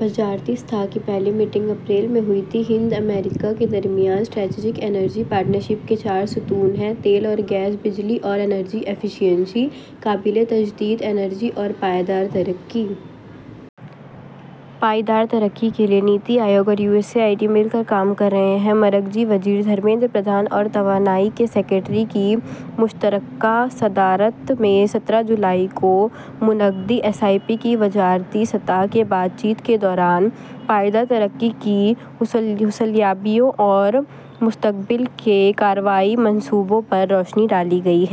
وزارتی سطح کی پہلی میٹنگ اپریل میں ہوئی تھی۔ ہند امریکہ کے درمیان اسٹریٹیجک انرجی پارٹنرشپ کے چار ستون ہیں: تیل اور گیس، بجلی اور توانائی ایفیشنسی، قابل تجدید توانائی اور پائیدار ترقی۔ پائیدار ترقی کے لیے نیتی آیوگ اور U S A I D مل کر کام کر رہے ہیں۔ مرکزی وزیر دھرمیندر پردھان اور توانائی کے سکریٹری کی مشترکہ صدارت میں سترہ جولائی کو منعقدہ ایس ای پی کی وزارتی سطح کی بات چیت کے دوران، پائیدار ترقی کی اہم حصول یابیوں اور مستقبل کے کارروائی منصوبوں پر روشنی ڈالی گئی۔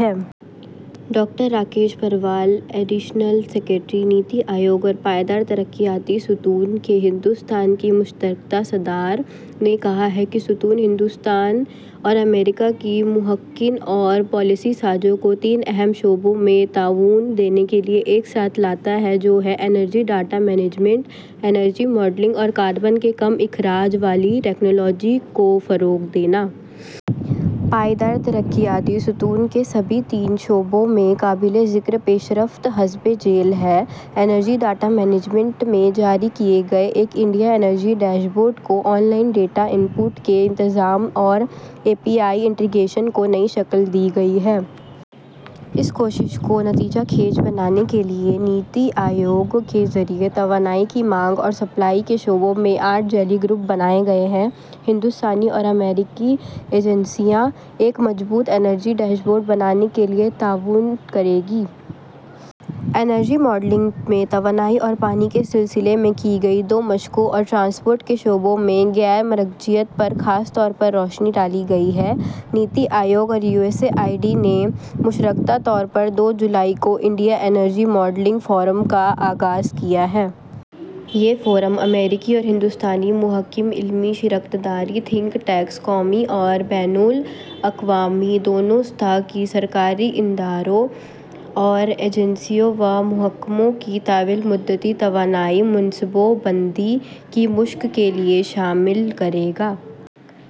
Doctor Rakesh Parwal, additional secretary, Niti Aayog اور پائیدار ترقیاتی ستون کے ہندوستان میں شریک صدر نے کہا کہ یہ ستون ہندوستان اور امریکہ کے محققین اور پالیسی سازوں کو تین اہم شعبوں میں تعاون دینے کے لیے ایک ساتھ لاتا ہے، جو ہیں: energy data management, energy modelling اور کاربن کے کم اخراج والی ٹیکنالوجی کو بڑھاوا دینا۔ پائیدار ترقیاتی ستون کے سبھی تین شعبوں میں قابل ذکر پیش رفت حسب ذیل ہے۔ انرجی ڈیٹا مینجمنٹ میں جاری کیے گئے ایک انڈیا انرجی ڈیش بورڈ کو online data input کے التزام اور اے پی آئی انٹیگریشن کو نئی شکل دی گئی ہے۔ اس کوشش کو نتیجہ خیز بنانے کے لیے نیتی آیوگ کے ذریعے توانائی کی مانگ اور سپلائی کے شعبوں میں آٹھ ذیلی گروپ بنائے گئے ہیں۔ ہندوستانی اور امریکی ایجنسیاں ایک مضبوط انرجی ڈیش بورڈ بنانے کے لیے تعاون کریں گی۔ انرجی ماڈلنگ میں توانائی اور پانی کے سلسلے میں کی گئی دو مشقوں اور ٹرانسپورٹ کے شعبے میں غیر مرکزیت پر خاص طور پر روشنی ڈالی گئی ہے۔ نیتی آیوگ اور U S A I D نے مشترکہ طور پر دو جولائی کو انڈیا انرجی ماڈلنگ فورم کا آغاز کیا ہے۔ یہ فورم امریکی اور ہندوستانی محققین، علمی شراکت داروں، تھنک ٹینکس، قومی اور بین الاقوامی دونوں سطح کے سرکاری اداروں اور ایجنسیوں و محکموں کو طویل مدتی توانائی منصوبہ بندی کی مشق کے لیے شامل کرے گا۔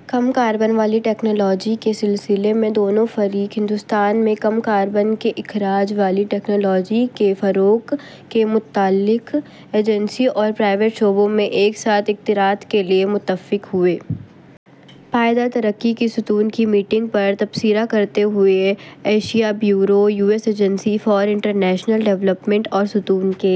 کم کاربن والی ٹیکنالوجی کے سلسلے میں دونوں فریق ہندوستان میں کم کاربن کے اخراج والی ٹیکنالوجیز کے فروغ سے متعلق ایجنسیوں اور نجی شعبوں میں ایک ساتھ اشتراک کے لیے متفق ہوئے۔ پائیدار ترقی کے ستون کی میٹنگ پر تبصرہ کرتے ہوئے، Asia bureau, U S agency for international development اور ستون کے...